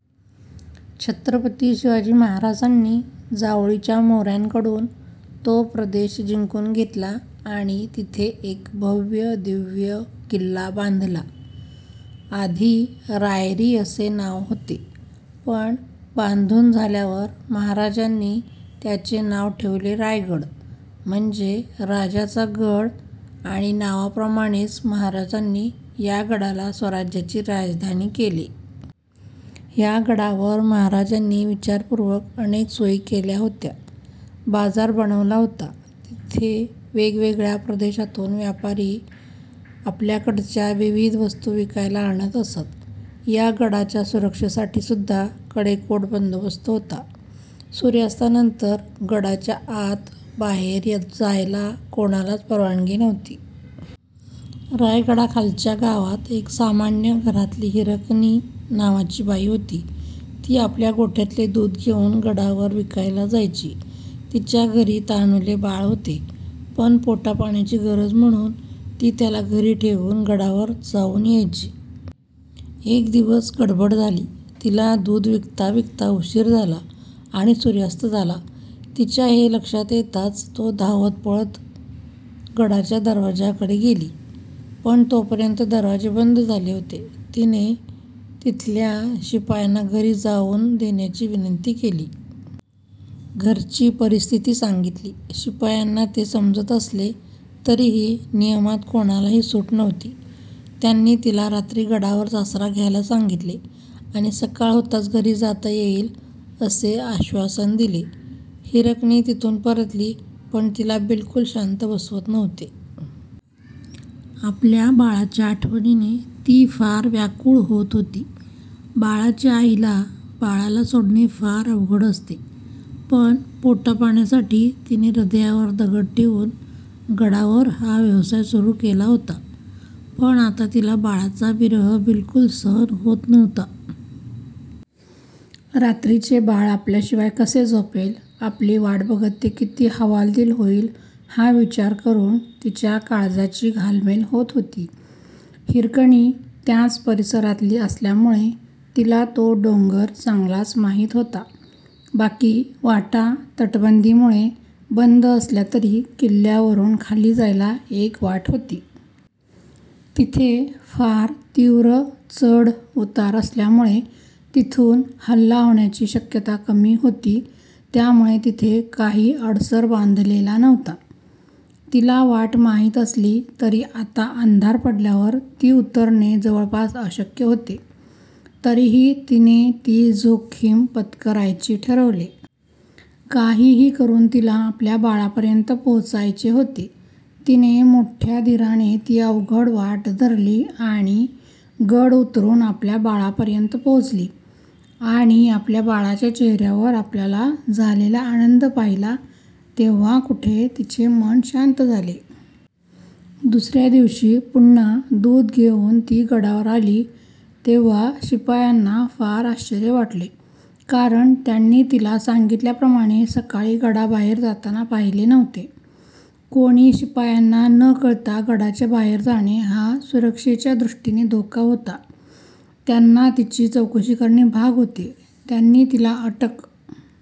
छत्रपती शिवाजी महाराजांनी जावळीच्या मोऱ्यांकडून तो प्रदेश जिंकुन घेतला आणि तिथे एक भव्य दिव्य किल्ला बांधला. आधी रायरी असे नाव होते, पण बांधुन झाल्यावर महाराजांनी त्याचे नाव ठेवले रायगड. म्हणजे राजाचा गड आणि नावाप्रमाणेच महाराजांनी या गडाला स्वराज्याची राजधानी केले. ह्या गडावर महाराजांनी विचारपुर्वक अनेक सोयी केल्या होत्या. बाजार बनवला होता. तिथे वेगवेगळ्या प्रदेशातून व्यापारी आपल्याकडच्या विविध वस्तु विकायला आणत असत. या गडाच्या सुरक्षेसाठी सुद्धा कडेकोट बंदोबस्त होता. सूर्यास्तानंतर गडाच्या आत बाहेर जायला कोणालाच परवानगी नव्हती. रायगडाखालच्या गावात एक सामान्य घरातली हिरकणी नावाची बाई होती. ती आपल्या गोठ्यातले दुध घेऊन गडावर विकायला जायची. तिच्या घरी तान्हुले बाळ होते, पण पोटापाण्याची गरज म्हणुन ती त्याला घरी ठेवुन गडावर जाऊन यायची. एक दिवस गडबड झाली. तिला दुध विकता विकता उशीर झाला आणि सूर्यास्त झाला. तिच्या हे लक्षात येताच तो धावत पळत गडाच्या दरवाजाकडे गेली. पण तोपर्यंत दरवाजे बंद झाले होते. तिने तिथल्या शिपायांना घरी जाऊन देण्याची विनंती केली. घरची परिस्थिती सांगितली. शिपायांना ते समजत असले तरीही नियमात कोणालाही सुट नव्हती. त्यांनी तिला रात्री गडावरच आसरा घ्यायला सांगितले आणि सकाळ होताच घरी जाता येईल असे आश्वासन दिले. हिरकणी तिथुन परतली पण तिला बिलकुल शांत बसवत नव्हते. आपल्या बाळाच्या आठवणीने ती फार व्याकुळ होत होती. बाळाच्या आईला बाळाला सोडणे फार अवघड असते पण पोटापाण्यासाठी तिने हृदयावर दगड ठेवुन गडावर हा व्यवसाय सुरु केला होता. पण आता तिला बाळाचा विरह बिलकुल सहन होत नव्हता. रात्रीचे बाळ आपल्याशिवाय कसे झोपेल, आपली वाट बघत ते किती हवालदिल होईल हा विचार करून तिच्या काळजाची घालमेल होत होती. हिरकणी त्याच परिसरातली असल्यामुळे तिला तो डोंगर चांगलाच माहित होता. बाकी वाटा तटबंदीमुळे बंद असल्या तरी किल्ल्यावरून खाली जायला एक वाट होती. तिथे फार तीव्र चढ उतार असल्यामुळे तिथुन हल्ला होण्याची शक्यता कमी होती त्यामुळे तिथे काही अडसर बांधलेला नव्हता. तिला वाट माहित असली तरी आता अंधार पडल्यावर ती उतरणे जवळपास अशक्य होते. तरीही तिने ती जोखीम पत्करायची ठरवले. काहीही करून तिला आपल्या बाळापर्यंत पोहचायचे होते. तिने मोठ्या धीराने ती अवघड वाट धरली आणि गड उतरून आपल्या बाळापर्यंत पोहोचली आणि आपल्या बाळाच्या चेहऱ्यावर आपल्याला झालेला आनंद पाहिला तेव्हा कुठे तिचे मन शांत झाले. दुसऱ्या दिवशी पुन्हा दूध घेऊन ती गडावर आली तेव्हा शिपायांना फार आश्चर्य वाटले. कारण त्यांनी तिला सांगितल्याप्रमाणे सकाळी गडाबाहेर जाताना पाहिले नव्हते. कोणी शिपायांना न कळता गडाच्या बाहेर जाणे हा सुरक्षेच्या दृष्टीने धोका होता. त्यांना तिची चौकशी करणे भाग होते. त्यांनी तिला अटक